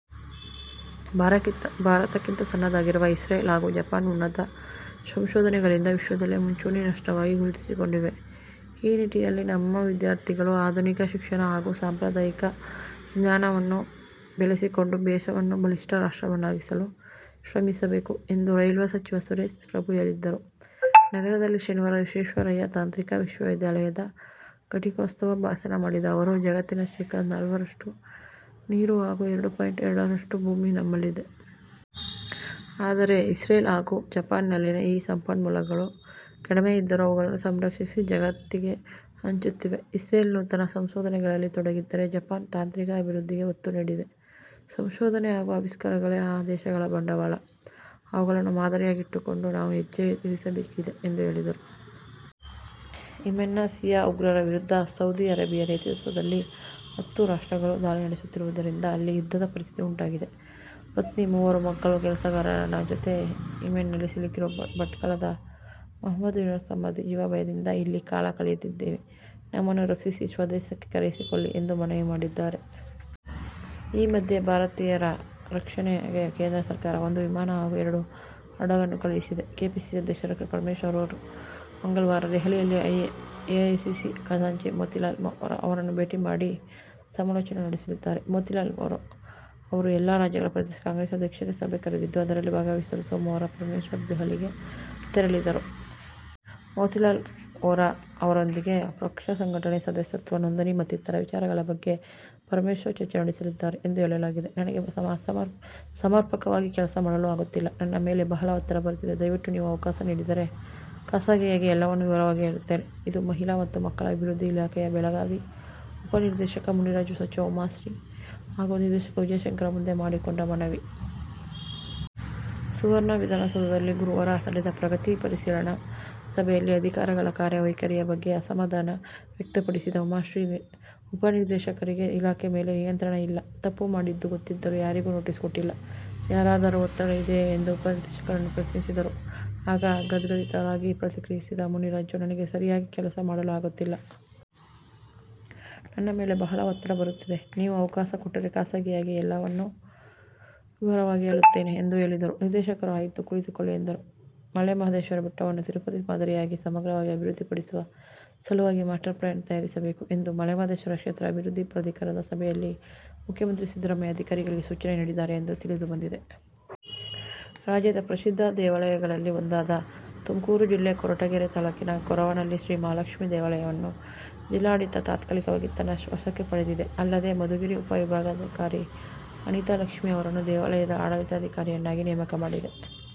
ಭಾರತಕ್ಕಿಂತ ಸಣ್ಣದಾಗಿರುವ ಇಸ್ರೇಲ್ ಹಾಗೂ ಜಪಾನ್, ಉನ್ನತ ಸಂಶೋಧನೆಗಳಿಂದ ವಿಶ್ವದಲ್ಲೇ ಮುಂಚೂಣಿ ರಾಷ್ಟ್ರವಾಗಿ ಗುರುತಿಸಿಕೊಂಡಿವೆ. ಈ ನಿಟ್ಟಿನಲ್ಲಿ ನಮ್ಮ ವಿದ್ಯಾರ್ಥಿಗಳು ಆಧುನಿಕ ಶಿಕ್ಷಣ ಹಾಗೂ ಸಾಂಪ್ರದಾಯಿಕ ಜ್ಞಾನವನ್ನು ಬೆಳೆಸಿಕೊಂಡು ದೇಶವನ್ನು ಬಲಿಷ್ಠ ರಾಷ್ಟ್ರವನ್ನಾಗಿಸಲು ಶ್ರಮಿಸಬೇಕು ಎಂದು ರೈಲ್ವೆ ಸಚಿವ ಸುರೇಶ ಪ್ರಭು ಹೇಳಿದರು. ನಗರದಲ್ಲಿ ಶನಿವಾರ ವಿಶ್ವೇಶ್ವರಯ್ಯ ತಾಂತ್ರಿಕ ವಿಶ್ವವಿದ್ಯಾಲಯದ ಘಟಿಕೋತ್ಸವ ಭಾಷಣ ಮಾಡಿದ ಅವರು, ಜಗತ್ತಿನ ಶೇಖಡ ನಾಲ್ಕರಷ್ಟು ನೀರು ಹಾಗೂ ಎರಡು ಪಾಯಿಂಟ್ ಎರಡರಷ್ಟು ಭೂಮಿ ನಮ್ಮಲ್ಲಿದೆ. ಆದರೆ ಇಸ್ರೇಲ್ ಹಾಗೂ ಜಪಾನ್ನಲ್ಲಿ ಈ ಸಂಪನ್ಮೂಲಗಳು ಕಡಿಮೆ ಇದ್ದರೂ ಅವುಗಳನ್ನು ಸಂರಕ್ಷಿಸಿ ಜಗತ್ತಿಗೆ ಹಂಚುತ್ತಿವೆ. ಇಸ್ರೇಲ್ ನೂತನ ಸಂಶೋಧನೆಗಳಲ್ಲಿ ತೊಡಗಿದ್ದರೆ ಜಪಾನ್ ತಾಂತ್ರಿಕ ಅಭಿವೃದ್ಧಿಗೆ ಒತ್ತು ನೀಡಿದೆ. ಸಂಶೋಧನೆ ಹಾಗೂ ಅವಿಷ್ಕಾರಗಳೇ ಆ ದೇಶಗಳ ಬಂಡವಾಳ. ಅವುಗಳನ್ನು ಮಾದರಿಯಾಗಿಟ್ಟುಕೊಂಡು ನಾವೂ ಹೆಜ್ಜೆ ಇರಿಸಬೇಕಿದೆ ಎಂದು ಹೇಳಿದರು. ಯೆಮೆನ್ನ ಶಿಯಾ ಉಗ್ರರ ವಿರುದ್ಧ ಸೌದಿ ಅರೇಬಿಯಾ ನೇತೃತ್ವದಲ್ಲಿ ಹತ್ತು ರಾಷ್ಟ್ರಗಳು ದಾಳಿ ನಡೆಸುತ್ತಿರುವುದರಿಂದ ಅಲ್ಲಿ ಯುದ್ಧದ ಪರಿಸ್ಥಿತಿ ಉಂಟಾಗಿದೆ. ಪತ್ನಿ, ಮೂವರು ಮಕ್ಕಳು, ಕೆಲಸಗಾರನ ಜೊತೆ ಯೆಮೆನ್ನಲ್ಲಿ ಸಿಲುಕಿರುವ ಭಟ್ಕಳದ ಮುಹಮ್ಮದ್ ಯೂನಸ್ ಶಾಬಂದ್ರಿ, ಜೀವಭಯದಿಂದ ಇಲ್ಲಿ ಕಾಲ ಕಳೆಯುತ್ತಿದ್ದೇವೆ. ನಮ್ಮನ್ನು ರಕ್ಷಿಸಿ ಸ್ವದೇಶಕ್ಕೆ ಕರೆಯಿಸಿಕೊಳ್ಳಿ ಎಂದು ಮನವಿ ಮಾಡಿದ್ದಾರೆ. ಈ ಮಧ್ಯೆ ಭಾರತೀಯರ ರಕ್ಷಣೆಗೆ ಕೇಂದ್ರ ಸರ್ಕಾರ ಒಂದು ವಿಮಾನ ಹಾಗೂ ಎರಡು ಹಡಗನ್ನು ಕಳುಹಿಸಿದೆ. ಕೆಪಿಸಿಸಿ ಅಧ್ಯಕ್ಷ ಡಾ. ಜಿ. ಪರಮೇಶ್ವರ್ ಅವರು ಮಂಗಳವಾರ ದೆಹಲಿಯಲ್ಲಿ ಎಐಸಿಸಿ ಖಜಾಂಚಿ ಮೋತಿಲಾಲ್ ವೋರಾ ಅವರನ್ನು ಭೇಟಿ ಮಾಡಿ ಸಮಾಲೋಚನೆ ನಡೆಸಲಿದ್ದಾರೆ. ಮೋತಿಲಾಲ್ ವೋರಾ ಅವರು ಎಲ್ಲ ರಾಜ್ಯಗಳ ಪ್ರದೇಶ ಕಾಂಗ್ರೆಸ್ ಅಧ್ಯಕ್ಷರ ಸಭೆ ಕರೆದಿದ್ದು ಅದರಲ್ಲಿ ಭಾಗವಹಿಸಲು ಸೋಮವಾರ ಪರಮೇಶ್ವರ್ ದೆಹಲಿಗೆ ತೆರಳಿದರು. ಮೋತಿಲಾಲ್ ವೋರಾ ಅವರೊಂದಿಗೆ ಪಕ್ಷ ಸಂಘಟನೆ, ಸದಸ್ಯತ್ವ ನೋಂದಣಿ ಮತ್ತಿತರ ವಿಚಾರಗಳ ಬಗ್ಗೆ ಪರಮೇಶ್ವರ್ ಚರ್ಚೆ ನಡೆಸಲಿದ್ದಾರೆ ಎಂದು ಹೇಳಲಾಗಿದೆ. "ನನಗೆ ಸಮರ್ಪಕವಾಗಿ ಕೆಲಸ ಮಾಡಲು ಆಗುತ್ತಿಲ್ಲ. ನನ್ನ ಮೇಲೆ ಬಹಳ ಒತ್ತಡ ಬರುತ್ತಿದೆ. ದಯವಿಟ್ಟು ನೀವು ಅವಕಾಶ ನೀಡಿದರೆ ಖಾಸಗಿಯಾಗಿ ಎಲ್ಲವನ್ನೂ ವಿವರವಾಗಿ ಹೇಳುತ್ತೇನೆ 'ಇದು ಮಹಿಳಾ ಮತ್ತು ಮಕ್ಕಳ ಅಭಿವೃದ್ಧಿ ಇಲಾಖೆಯ ಬೆಳಗಾವಿ ಉಪನಿರ್ದೇಶಕ ಮುನಿರಾಜು ಸಚಿವೆ ಉಮಾಶ್ರೀ ಹಾಗೂ ನಿರ್ದೇಶಕ ವಿಜಯಶಂಕರ ಮುಂದೆ ಮಾಡಿಕೊಂಡ ಮನವಿ. ಸುವರ್ಣ ವಿಧಾನಸೌಧದಲ್ಲಿ ಗುರುವಾರ ನಡೆದ ಪ್ರಗತಿ ಪರಿಶೀಲನಾ ಸಭೆಯಲ್ಲಿ ಅಧಿಕಾರಿಗಳ ಕಾರ್ಯ ವೈಖರಿಯ ಬಗ್ಗೆ ಅಸಮಾಧಾನ ವ್ಯಕ್ತಪಡಿಸಿದ ಉಮಾಶ್ರೀ, ಉಪನಿರ್ದೇಶಕರಿಗೆ ಇಲಾಖೆ ಮೇಲೆ ನಿಯಂತ್ರಣ ಇಲ್ಲ. ತಪ್ಪು ಮಾಡಿದ್ದು ಗೊತ್ತಿದ್ದರೂ ಯಾರಿಗೂ ನೋಟೀಸ್ ಕೊಟ್ಟಿಲ್ಲ. ಯಾರದಾದರೂ ಒತ್ತಡ ಇದೆಯೇ ಎಂದು ಉಪನಿರ್ದೇಶಕರನ್ನು ಪ್ರಶ್ನಿಸಿದರು. ಆಗ ಗದ್ಗದಿತರಾಗಿ ಪ್ರತಿಕ್ರಿಯಿಸಿದ ಮುನಿರಾಜು, " ನನಗೆ ಸರಿಯಾಗಿ ಕೆಲಸ ಮಾಡಲು ಆಗುತ್ತಿಲ್ಲ. ನನ್ನ ಮೇಲೆ ಬಹಳ ಒತ್ತಡ ಬರುತ್ತಿದೆ. ನೀವು ಅವಕಾಶ ಕೊಟ್ಟರೆ ಖಾಸಗಿಯಾಗಿ ಎಲ್ಲವನ್ನು ವಿವರವಾಗಿ ಹೇಳುತ್ತೇನೆ' ಎಂದು ಹೇಳಿದರು. ನಿರ್ದೇಶಕರು "ಆಯಿತು, ಕುಳಿತುಕೊಳ್ಳಿ' ಎಂದರು. ಮಲೆ ಮಹದೇಶ್ವರ ಬೆಟ್ಟವನ್ನು ತಿರುಪತಿ ಮಾದರಿಯಲ್ಲಿ ಸಮಗ್ರವಾಗಿ ಅಭಿವೃದ್ಧಿ ಪಡಿಸುವ ಸಲುವಾಗಿ ಮಾಸ್ಟರ್ ಪ್ಲ್ರಾನ್ ತಯಾರಿಸಬೇಕು ಎಂದು ಮಲೆ ಮಹದೇಶ್ವರ ಕ್ಷೇತ್ರ ಅಭಿವೃದ್ಧಿ ಪ್ರಾಧಿಕಾರದ ಸಭೆಯಲ್ಲಿ ಮುಖ್ಯಮಂತ್ರಿ ಸಿದ್ಧರಾಮಯ್ಯ ಅಧಿಕಾರಿಗಳಿಗೆ ಸೂಚನೆ ನೀಡಿದ್ದಾರೆ ಎಂದು ತಿಳಿದು ಬಂದಿದೆ. ರಾಜ್ಯದ ಪ್ರಸಿದ್ದ ದೇವಾಲಯಗಳಲ್ಲಿ ಒಂದಾದ ತುಮಕೂರು ಜಿಲ್ಲೆ ಕೊರಟಗೆರೆ ತಾಲೂಕಿನ ಗೊರವನಹಳ್ಳಿ ಶ್ರೀ ಮಹಾಲಕ್ಷ್ಮೀ ದೇವಾಲಯವನ್ನು ಜಿಲ್ಲಾಡಳಿತ ತಾತ್ಕಾಲಿಕವಾಗಿ ತನ್ನ ವಶಕ್ಕೆ ಪಡೆದಿದೆ. ಅಲ್ಲದೆ, ಮಧುಗಿರಿ ಉಪವಿಭಾಗಾಧಿಕಾರಿ ಅನಿತಾ ಲಕ್ಷ್ಮೀ ಅವರನ್ನು ದೇವಾಲಯದ ಆಡಳಿತಾಧಿಕಾರಿಯನ್ನಾಗಿ ನೇಮಕ ಮಾಡಿದೆ.